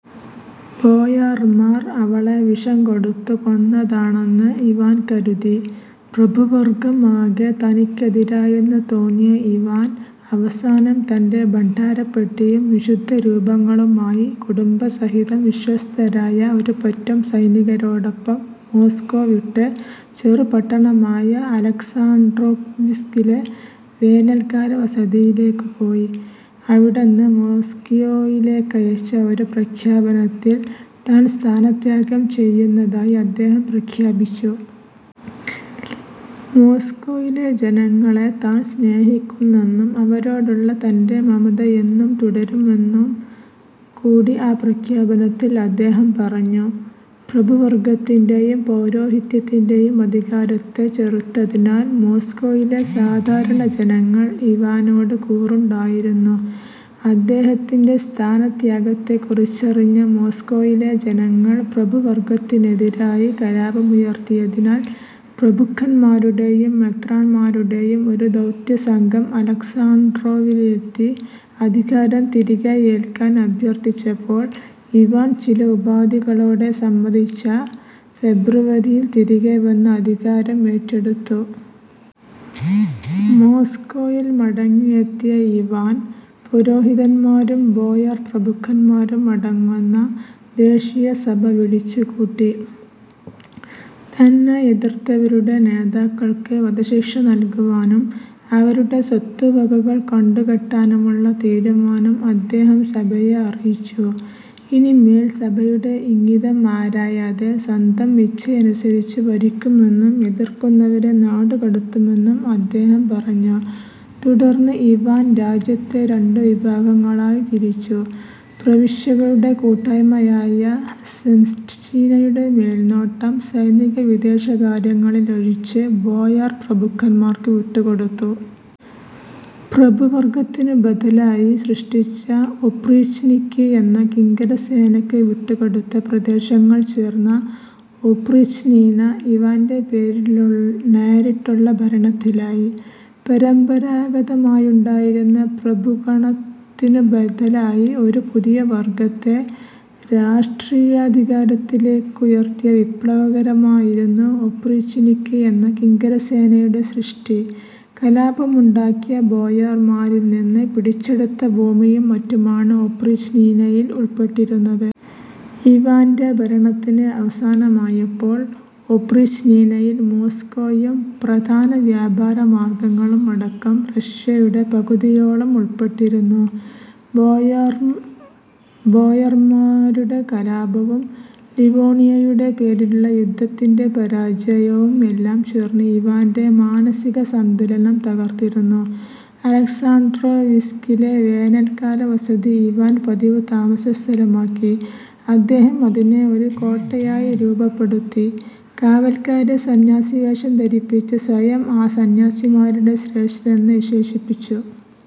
ബോയാർമാർ അവളെ വിഷം കൊടുത്തു കൊന്നതാണെന്ന് ഇവാൻ കരുതി. പ്രഭുവർഗ്ഗം ആകെ തനിക്കെതിരായെന്നു തോന്നിയ ഇവാൻ, അവസാനം തന്റെ ഭണ്ഡാരപ്പെട്ടിയും വിശുദ്ധരൂപങ്ങളുമായി കുടുംബസഹിതം വിശ്വസ്തരായ ഒരുപറ്റം സൈനികരോടൊപ്പം മോസ്കോ വിട്ട്, ചെറുപട്ടണമായ അലക്സാണ്ഡ്രോവ്സ്കിലെ വേനൽക്കാലവസതയിലേയ്ക്കു പോയി. അവിടന്ന് മോസ്കോയിലേയ്ക്കയച്ച ഒരു പ്രഖ്യാപനത്തിൽ, താൻ സ്ഥാനത്യാഗം ചെയ്യുന്നതായി അദ്ദേഹം പ്രഖ്യാപിച്ചു. മോസ്കോയിലെ ജനങ്ങളെ താൻ സ്നേഹിക്കുന്നെന്നും അവരോടുള്ള തന്റെ മമത എന്നും തുടരുമെന്നും കൂടി ആ പ്രഖ്യാപനത്തിൽ അദ്ദേഹം പറഞ്ഞു. പ്രഭുവർഗത്തിന്റേയും പൗരോഹിത്യത്തിന്റേയും അധികാരത്തെ ചെറുത്തതിനാൽ മോസ്കോയിലെ സാധാരണജനങ്ങൾക്ക് ഇവാനോട് കൂറുണ്ടായിരുന്നു. അദ്ദേഹത്തിന്റെ സ്ഥാനത്യാഗത്തെക്കുറിച്ചറിഞ്ഞ മോസ്കോയിലെ ജനങ്ങൾ പ്രഭുവർഗ്ഗത്തിനെതിരായി കലാപമുയർത്തിയതിനാൽ, പ്രഭുക്കന്മാരുടേയും മെത്രാന്മാരുടേയും ഒരു ദൗത്യസംഘം അലക്സാണ്ഡ്രോവിലെത്തി അധികാരം തിരികെയേൽക്കാൻ അഭ്യർത്ഥിച്ചപ്പോൾ ഇവാൻ ചില ഉപാധികളോടെ സമ്മതിച്ച ഫെബ്രുവരിയിൽ തിരികെ വന്ന് അധികാരം ഏറ്റെടുത്തു. മോസ്കോയിൽ മടങ്ങിയെത്തിയ ഇവാൻ പുരോഹിതന്മാരും ബോയാർപ്രഭുക്കന്മാരും അടങ്ങുന്ന ദേശീയസഭ വിളിച്ചുകൂട്ടി. തന്നെ എതിർത്തവരുടെ നേതാക്കൾക്ക് വധശിക്ഷ നൽകുവാനും അവരുടെ സ്വത്തുവകകൾ കണ്ടുകെട്ടാനുമുള്ള തീരുമാനം അദ്ദേഹം സഭയെ അറിയിച്ചു. ഇനിമേൽ സഭയുടെ ഇംഗിതം ആരായാതെ സ്വന്തം ഇച്ഛയനുസരിച്ച് ഭരിക്കുമെന്നും എതിർക്കുന്നവരെ നാടുകടത്തുമെന്നും അദ്ദേഹം പറഞ്ഞു. തുടർന്ന് ഇവാൻ രാജ്യത്തെ രണ്ടു വിഭാഗങ്ങളായി തിരിച്ചു: പ്രവിശ്യകളുടെ കൂട്ടായ്മയായ സെംസ്റ്റ്ഛീന-യുടെ മേൽനോട്ടം, സൈനിക-വിദേശകാര്യങ്ങളിലൊഴിച്ച്, ബോയാർ പ്രഭുക്കന്മാർക്ക് വിട്ടുകൊടുത്തു. പ്രഭു വർഗത്തിനു ബദലായി സൃഷ്ടിച്ച ഒപ്രീച്ച്നിക്കി എന്ന കിങ്കരസേനയ്ക്ക് വിട്ടുകൊടുത്ത പ്രദേശങ്ങൾ ചേർന്ന ഒപ്രീച്ച്നീന, ഇവാന്റെ നേരിട്ടുള്ള ഭരണത്തിലായി. പരമ്പാരാഗതമായുണ്ടായിരുന്ന പ്രഭുഗണത്തിനു ബദലായി ഒരു പുതിയ വർഗ്ഗത്തെ രാഷ്ടീയാധികാരത്തിലേക്കുയർത്തിയ വിപ്ലവകരമായിരുന്നു ഒപ്രീച്ച്നിക്കി എന്ന കിങ്കരസേനയുടെ സൃഷ്ടി. കലാപമുണ്ടാക്കിയ ബോയാർമാരിൽ നിന്ന് പിടിച്ചെടുത്ത ഭൂമിയും മറ്റുമാണ് ഒപ്രീച്ച്നീനയിൽ ഉൾപ്പെട്ടിരുന്നത്. ഇവാന്റെ ഭരണത്തിന്റെ അവസാനമായപ്പോൾ, ഒപ്രീച്ച്നീനയിൽ, മോസ്കോയും, പ്രധാനവ്യാപാരമാർഗ്ഗങ്ങളും അടക്കം, റഷ്യയുടെ പകുതിയോളം ഉൾപ്പെട്ടിരുന്നു. ബോയാർമാർമാരുടെ കലാപവും, ലിവോണിയയുടെ പേരിലുള്ള യുദ്ധത്തിന്റെ പരാജയവും എല്ലാം ചേർന്ന് ഇവാന്റെ മാനസികസന്തുലനം തകർത്തിരുന്നു. അലക്സാൻഡ്രോവിസ്കിലെ വേനൽക്കാലവസതി ഇവാൻ പതിവു താമസസ്ഥലമാക്കി. അദ്ദേഹം അതിനെ ഒരു കോട്ടയായി രൂപപ്പെടുത്തി. കാവൽക്കാരെ സന്യാസിവേഷം ധരിപ്പിച്ച് സ്വയം ആ സന്യാസിമാരുടെ ശ്രേഷ്ഠനെന്ന് വിശേഷിപ്പിച്ചു.